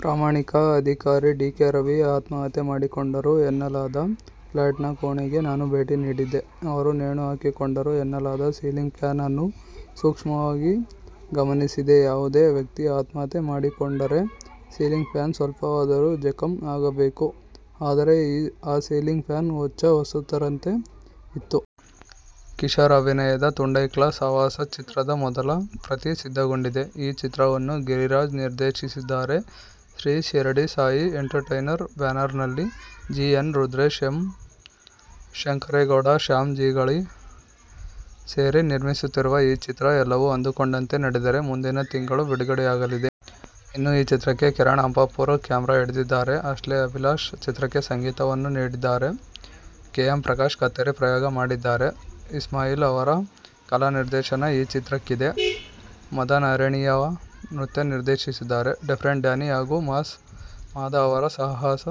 ಪ್ರಾಮಾಣಿಕ ಅಧಿಕಾರಿ D. K. Ravi ಆತ್ಮಹತ್ಯೆ ಮಾಡಿಕೊಂಡರು ಎನ್ನಲಾದ ಫ್ಲ್ಯಾಟ್ನ ಕೋಣೆಗೆ ನಾನು ಭೇಟಿ ನೀಡಿದ್ದೆ. ಅವರು ನೇಣು ಹಾಕಿಕೊಂಡರು ಎನ್ನಲಾದ ಸೀಲಿಂಗ್ ಫ್ಯಾನ್ ಅನ್ನು ಸೂಕ್ಷ್ಮವಾಗಿ ಗಮನಿಸಿದೆ. ಯಾವುದೇ ವ್ಯಕ್ತಿ ಆತ್ಮಹತ್ಯೆ ಮಾಡಿಕೊಂಡರೆ ಸಿಲಿಂಗ್ ಫ್ಯಾನ್ ಸ್ವಲ್ಪವಾದರೂ ಜಖಂ ಆಗಬೇಕು. ಆದರೆ ಆ ಸೀಲಿಂಗ್ ಫ್ಯಾನ್ ಹೊಚ್ಚ ಹೊಸತರಂತೆ ಇತ್ತು. ಕಿಶೋರ್ ಅಭಿನಯದ "ತುಂಡ್ಹೈಕ್ಳ ಸಾವಾಸ' ಚಿತ್ರದ ಮೊದಲ ಪ್ರತಿ ಸಿದ್ಧಗೊಂಡಿದೆ. ಈ ಚಿತ್ರವನ್ನು ಗಿರಿರಾಜ್ ನಿರ್ದೇಶಿಸಿದ್ದಾರೆ. ಶ್ರೀ ಶಿರಡಿ ಸಾಯಿ ಎಂಟರ್ಟ್ರೆ"ನರ್ ಬ್ಯಾನರ್ನಲ್ಲಿ G. N. Rudresh, M. Shankaregowda, Shyam Jigali ಸೇರಿ ನಿರ್ಮಿಸುತ್ತಿರುವ ಈ ಚಿತ್ರ ಎಲ್ಲವೂ ಅಂದುಕೊಂಡಂತೆ ನಡೆದರೆ ಮುಂದಿನ ತಿಂಗಳು ಬಿಡುಗಡೆಯಾಗಲಿದೆ. ಇನ್ನು, ಈ ಚಿತ್ರಕ್ಕೆ ಕಿರಣ್ ಹಂಪಾಪುರ ಕ್ಯಾಮೆರಾ ಹಿಡಿದಿದ್ದಾರೆ. ಆಶ್ಲೆ ಅಭಿಲಾಶ್ ಚಿತ್ರಕ್ಕೆ ಸಂಗೀತವನ್ನು ನೀಡಿದ್ದಾರೆ. ಕೆ. ಎಂ. ಪ್ರಕಾಶ್ ಕತ್ತರಿ ಪ್ರಯೋಗ ಮಾಡಿದರೆ, ಇಸ್ಮಾಯಿಲ್ ಅವರ ಕಲಾನಿರ್ದೇಶನ ಈ ಚಿತ್ರಕ್ಕಿದೆ. ಮದನ್-ಹರಿಣಿಯವ ನೃತ್ಯ ನಿರ್ದೇಶಿಸಿದರೆ, ಡಿಫರೆಂಟ್ ಡ್ಯಾನಿ ಹಾಗು ಮಾಸ್ ಮಾದ ಅವರ ಸಾಹಸ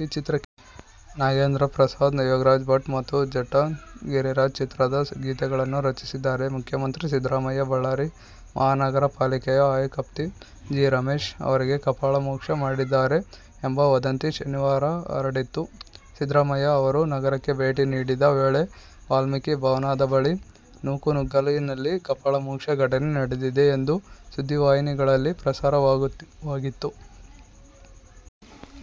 ಈ ಚಿತ್ರಕ್ಕಿದೆ. ನಾಗೇಂದ್ರ ಪ್ರಸಾದ್, ಯೋಗರಾಜ್ ಭಟ್ ಮತ್ತು ಜಟ್ಟ ಗಿರಿರಾಜ್ ಚಿತ್ರದ ಗೀತೆಗಳನ್ನು ರಚಿಸಿದ್ದಾರೆ. ಮುಖ್ಯಮಂತ್ರಿ ಸಿದ್ದರಾಮಯ್ಯ ಬಳ್ಳಾರಿ ಮಹಾನಗರ ಪಾಲಿಕೆಯ ಆಯುಕ್ತಪಿ. ಜಿ. ರಮೇಶ್ ಅವರಿಗೆ ಕಪಾಳ ಮೋಕ್ಷಾ ಮಾಡಿದ್ದಾರೆ ಎಂಬ ವದಂತಿ ಶನಿವಾರಹರಡಿತ್ತು. ಸಿದ್ದರಾಮಯ್ಯ ಅವರು ನಗರಕ್ಕೆ ಭೇಟಿ ನೀಡಿದ ವೇಳೆ ವಾಲ್ಮೀಕಿ ಭವನದಬಳಿ ನೂಕುನುಗ್ಗಲಿನಲ್ಲಿ ಕಪಾಳ ಮೋಕ್ಷ ಘಟನೆ ನಡೆದಿದೆ ಎಂದು ಸುದ್ದಿವಾಹಿನಗಳಲ್ಲಿಪ್ರಸಾರವಾಗಿತ್ತು.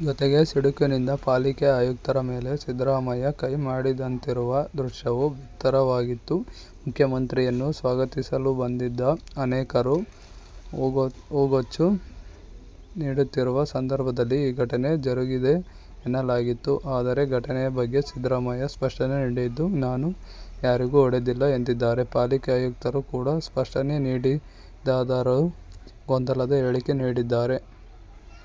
ಜೊತೆಗೆ ಸಿಡುಕಿನಿಂದ ಪಾಲಿಕೆ ಆಯುಕ್ತರ ಮೇಲೆ ಸಿದ್ದರಾಮಯ್ಯಕೈ ಮಾಡಿದಂತಿರುವ ದೃಶ್ಯವೂ ಬಿತ್ತರವಾಗಿತ್ತು. ಮುಖ್ಯಮಂತ್ರಿಯನ್ನು ಸ್ವಾಗತಿಸಲುಬಂದಿದ್ದ ಅನೇಕರು ಹೂಗುತ್ಛ ನೀಡುತ್ತಿರುವ ಸಂದರ್ಭದಲ್ಲಿ ಈ ಘಟನೆ ಜರುಗಿದೆಎನ್ನಲಾಗಿತ್ತು. ಆದರೆ, ಘಟನೆಯ ಬಗ್ಗೆ ಸಿದ್ದರಾಮಯ್ಯ ಸ್ಪಷ್ಟನೆ ನೀಡಿದ್ದು, ನಾನು ಯಾರಿಗೂ ಹೊಡೆದಿಲ್ಲ ಎಂದಿದ್ದಾರೆ. ಪಾಲಿಕೆ ಆಯುಕ್ತರು ಕೂಡ ಸ್ಪಷ್ಟನೆನೀಡಿದ್ದಾರಾದರೂ ಗೊಂದಲದ ಹೇಳಿಕೆ ನೀಡಿದ್ದಾರೆ.